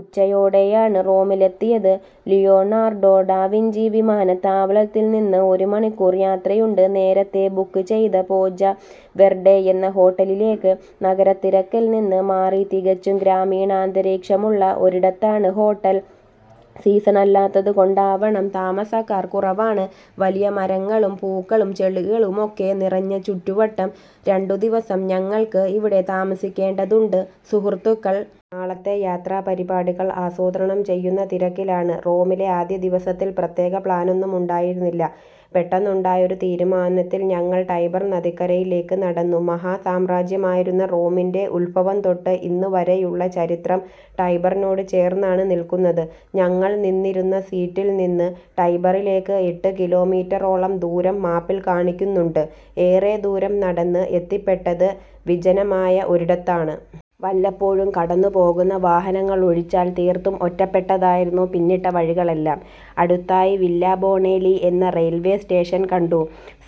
ഉച്ചയോടെയാണ് റോമിലെത്തിയത്. Leonardo da Vinci വിമാനത്താവളത്തിൽ നിന്ന് ഒരുമണിക്കൂർ യാത്രയുണ്ട് നേരത്തേ ബുക്ക് ചെയ്ത പോജ്ജാ വെർഡെ എന്ന ഹോട്ടലിലേക്ക്. നഗരത്തിരക്കിൽനിന്ന് മാറി തികച്ചും ഗ്രാമീണാന്തരീക്ഷമുള്ള ഒരിടത്താണ് ഹോട്ടൽ. സീസണല്ലാത്തതുകൊണ്ടാവണം താമസക്കാർ കുറവാണ്. വലിയ മരങ്ങളും പൂക്കളും ചെടികളുമൊക്കെ നിറഞ്ഞ ചുറ്റുവട്ടം. രണ്ടുദിവസം ഞങ്ങൾക്ക് ഇവിടെ താമസിക്കേണ്ടതുണ്ട്. സുഹൃത്തുക്കൾ നാളത്തെ യാത്രാപരിപാടികൾ ആസൂത്രണം ചെയ്യുന്ന തിരക്കിലാണ്. റോമിലെ ആദ്യദിവസത്തിൽ പ്രത്യേക പ്ലാനൊന്നുമുണ്ടായിരുന്നില്ല. പെട്ടെന്നുണ്ടായൊരു തീരുമാനത്തിൽ ഞങ്ങൾ ടൈബർ നദിക്കരയിലേക്ക് നടന്നു. മഹാസാമ്രാജ്യമായിരുന്ന റോമിൻ്റെ ഉദ്ഭവംതൊട്ട് ഇന്നുവരെയുള്ള ചരിത്രം ടൈബറിനോട് ചേർന്നാണ് നിൽക്കുന്നത്. ഞങ്ങൾ നിന്നിരുന്ന സീറ്റിൽ നിന്ന് ടൈബറിലേക്ക് എട്ടുകിലോമീറ്ററോളം ദൂരം മാപ്പിൽ കാണിക്കുന്നുണ്ട്. ഏറെ ദൂരം നടന്ന് എത്തിപ്പെട്ടത് വിജനമായ ഒരിടത്താണ്. വല്ലപ്പോഴും കടന്നുപോകുന്ന വാഹനങ്ങളൊഴിച്ചാൽ തീർത്തും ഒറ്റപ്പെട്ടതായിരുന്നു പിന്നിട്ട വഴികളെല്ലാം. അടുത്തായി വില്ല ബൊണേലി എന്ന റെയിൽവേ സ്റ്റേഷൻ കണ്ടു.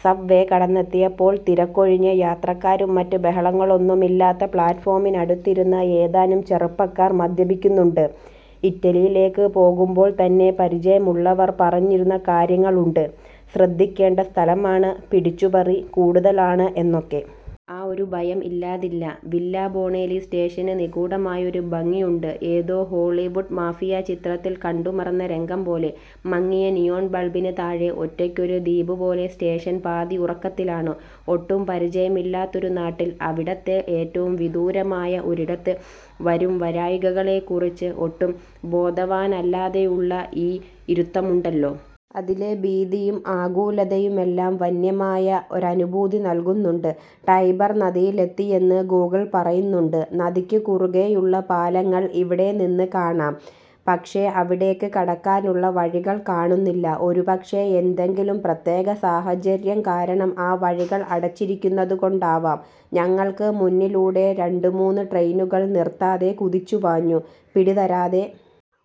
സബ് വേ കടന്നെത്തിയപ്പോൾ തിരക്കൊഴിഞ്ഞ് യാത്രക്കാരും മറ്റു ബഹളങ്ങളുമൊന്നുമില്ലാത്ത പ്ലാറ്റ്ഫോമിനടുത്തിരുന്ന് ഏതാനും ചെറുപ്പക്കാർ മദ്യപിക്കുന്നുണ്ട്. ഇറ്റലിയിലേക്ക് പോകുമ്പോൾതന്നെ പരിചയമുള്ളവർ പറഞ്ഞിരുന്ന കാര്യങ്ങളുണ്ട്. ശ്രദ്ധിക്കേണ്ട സ്ഥലമാണ്, പിടിച്ചുപറി കൂടുതലാണ് എന്നൊക്കെ. ആ ഒരു ഭയം ഇല്ലാതില്ല. വില്ല ബൊണേലി സ്റ്റേഷന് നിഗൂഢമായൊരു ഭംഗിയുണ്ട്. ഏതോ ഹോളിവുഡ് മാഫിയാ ചിത്രത്തിൽ കണ്ടുമറന്ന രംഗംപോലെ. മങ്ങിയ നിയോൺ ബൾബിന് താഴെ ഒറ്റയ്ക്കൊരു ദ്വീപുപോലെ സ്റ്റേഷൻ പാതിയുറക്കത്തിലാണ്. ഒട്ടും പരിചയമില്ലാത്തൊരു നാട്ടിൽ, അവിടത്തെ ഏറ്റവും വിദൂരമായ ഒരിടത്ത്, വരുംവരായ്കകളെക്കുറിച്ച് ഒട്ടും ബോധവാനല്ലാതെയുള്ള ഈ ഇരുത്തമുണ്ടല്ലോ. അതിലെ ഭീതിയും ആകുലതയുമെല്ലാം വന്യമായ ഒരനുഭൂതി നൽകുന്നുണ്ട്. ടൈബർ നദിയിലെത്തിയെന്ന് ഗൂഗിൾ പറയുന്നുണ്ട്. നദിക്ക് കുറുകെയുള്ള പാലങ്ങൾ ഇവിടെനിന്ന് കാണാം. പക്ഷേ അവിടേക്ക് കടക്കാനുള്ള വഴികൾ കാണുന്നില്ല. ഒരുപക്ഷേ എന്തെങ്കിലും പ്രത്യേക സാഹചര്യം കാരണം ആ വഴികൾ അടച്ചിരിക്കുന്നതുകൊണ്ടാവാം. ഞങ്ങൾക്ക് മുന്നിലൂടെ രണ്ടുമൂന്ന് ട്രെയിനുകൾ നിർത്താതെ കുതിച്ചുപാഞ്ഞു. പിടിതരാതെ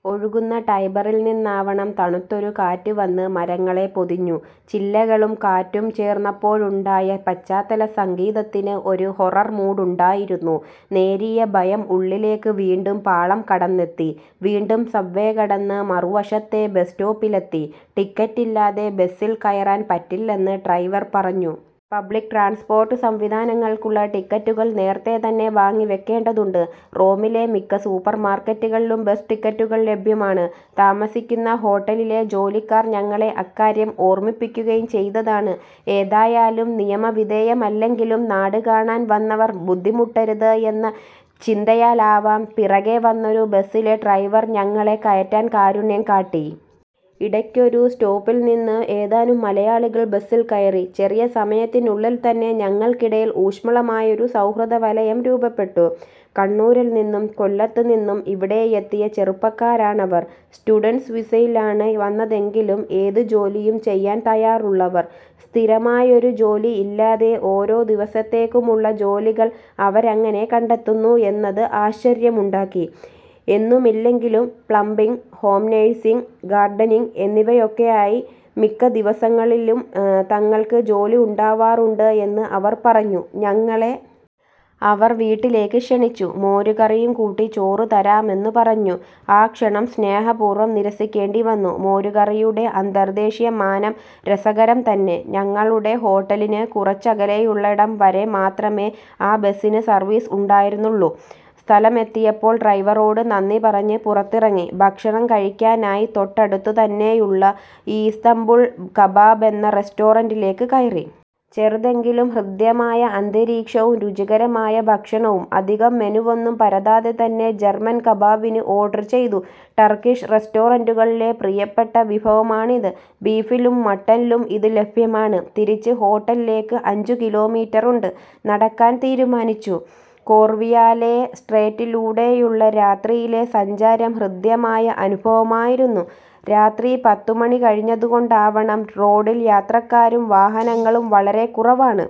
ഒഴുകുന്ന ടൈബറിൽ നിന്നാവണം തണുത്തൊരു കാറ്റ് വന്ന് മരങ്ങളെ പൊതിഞ്ഞു. ചില്ലകളും കാറ്റും ചേർന്നപ്പോഴുണ്ടായ പശ്ചാത്തലസംഗീതത്തിന് ഒരു ഹൊറർ മൂഡുണ്ടായിരുന്നു. നേരിയ ഭയം ഉള്ളിലേക്ക് വീണ്ടും പാളം കടന്നെത്തി. വീണ്ടും സബ് വേ കടന്ന് മറുവശത്തെ ബസ് സ്റ്റോപ്പിലെത്തി. ടിക്കറ്റില്ലാതെ ബസിൽ കയറാൻ പറ്റില്ലെന്ന് ഡ്രൈവർ പറഞ്ഞു. പബ്ലിക് ട്രാൻസ്പോർട്ട് സംവിധാനങ്ങൾക്കുള്ള ടിക്കറ്റുകൾ നേരത്തേതന്നെ വാങ്ങിവെക്കേണ്ടതുണ്ട്. റോമിലെ മിക്ക സൂപ്പർമാർക്കറ്റുകളിലും ബസ് ടിക്കറ്റുകൾ ലഭ്യമാണ്. താമസിക്കുന്ന ഹോട്ടലിലെ ജോലിക്കാർ ഞങ്ങളെ അക്കാര്യം ഓർമിപ്പിക്കുകയും ചെയ്തതാണ്. ഏതായാലും നിയമവിധേയമല്ലെങ്കിലും നാട് കാണാൻ വന്നവർ ബുദ്ധിമുട്ടരുത് എന്ന ചിന്തയാലാവാം, പിറകെ വന്നൊരു ബസിലെ ഡ്രൈവർ ഞങ്ങളെ കയറ്റാൻ കാരുണ്യം കാട്ടി. ഇടയ്ക്കൊരു സ്റ്റോപ്പിൽനിന്ന് ഏതാനും മലയാളികൾ ബസിൽ കയറി. ചെറിയ സമയത്തിനുള്ളിൽതന്നെ ഞങ്ങൾക്കിടയിൽ ഊഷ്മളമായൊരു സൗഹൃദവലയം രൂപപ്പെട്ടു. കണ്ണൂരുനിന്നും കൊല്ലത്തുനിന്നും ഇവിടെയെത്തിയ ചെറുപ്പക്കാരാണവർ. സ്റ്റുഡന്റ്സ് വിസയിലാണ് വന്നതെങ്കിലും ഏത് ജോലിയും ചെയ്യാൻ തയ്യാറുള്ളവർ. സ്ഥിരമായൊരു ജോലിയില്ലാതെ ഓരോ ദിവസത്തേക്കുമുള്ള ജോലികൾ അവരെങ്ങനെ കണ്ടെത്തുന്നു എന്നത് ആശ്ചര്യമുണ്ടാക്കി. എന്നുമില്ലെങ്കിലും പ്ലംബിങ്, ഹോം നഴ്സിങ്, ഗാർഡനിങ് എന്നിവയൊക്കെയായി മിക്ക ദിവസങ്ങളിലും തങ്ങൾക്ക് ജോലിയുണ്ടാവാറുണ്ട് എന്ന് അവർ പറഞ്ഞു. ഞങ്ങളെ അവർ വീട്ടിലേക്ക് ക്ഷണിച്ചു. മോര് കറിയും കൂട്ടി ചോറ് തരാമെന്ന് പറഞ്ഞു. ആ ക്ഷണം സ്നേഹപൂർവം നിരസിക്കേണ്ടിവന്നു. മോര് കറിയുടെ അന്തർദേശീയ മാനം രസകരം തന്നെ. ഞങ്ങളുടെ ഹോട്ടലിന് കുറച്ചകലെയുള്ളിടംവരെ മാത്രമേ ആ ബസിന് സർവീസ് ഉണ്ടായിരുന്നുള്ളൂ. സ്ഥലമെത്തിയപ്പോൾ ഡ്രൈവറോട് നന്ദി പറഞ്ഞ് പുറത്തിറങ്ങി. ഭക്ഷണം കഴിക്കാനായി തൊട്ടടുത്തുതന്നെയുള്ള ഈസ്താംബുൾ കബാബ് എന്ന റെസ്റ്റോറന്റിലേക്ക് കയറി. ചെറുതെങ്കിലും ഹൃദ്യമായ അന്തരീക്ഷവും രുചികരമായ ഭക്ഷണവും. അധികം മെനുവൊന്നും പരതാതെതന്നെ ജർമൻ കബാബിന് ഓർഡർ ചെയ്തു. ടർക്കിഷ് റെസ്റ്റോറന്റുകളിലെ പ്രിയപ്പെട്ട വിഭവമാണിത്. ബീഫിലും മട്ടനിലും ഇത് ലഭ്യമാണ്. തിരിച്ച് ഹോട്ടലിലേക്ക് അഞ്ച് കിലോമീറ്ററുണ്ട്. നടക്കാൻ തീരുമാനിച്ചു. കോർവിയാലേ സ്ട്രീറ്റിലൂടെയുള്ള രാത്രിയിലെ സഞ്ചാരം ഹൃദ്യമായ അനുഭവമായിരുന്നു. രാത്രി പത്തുമണി കഴിഞ്ഞതുകൊണ്ടാവണം, റോഡിൽ യാത്രക്കാരും വാഹനങ്ങളും വളരെക്കുറവാണ്.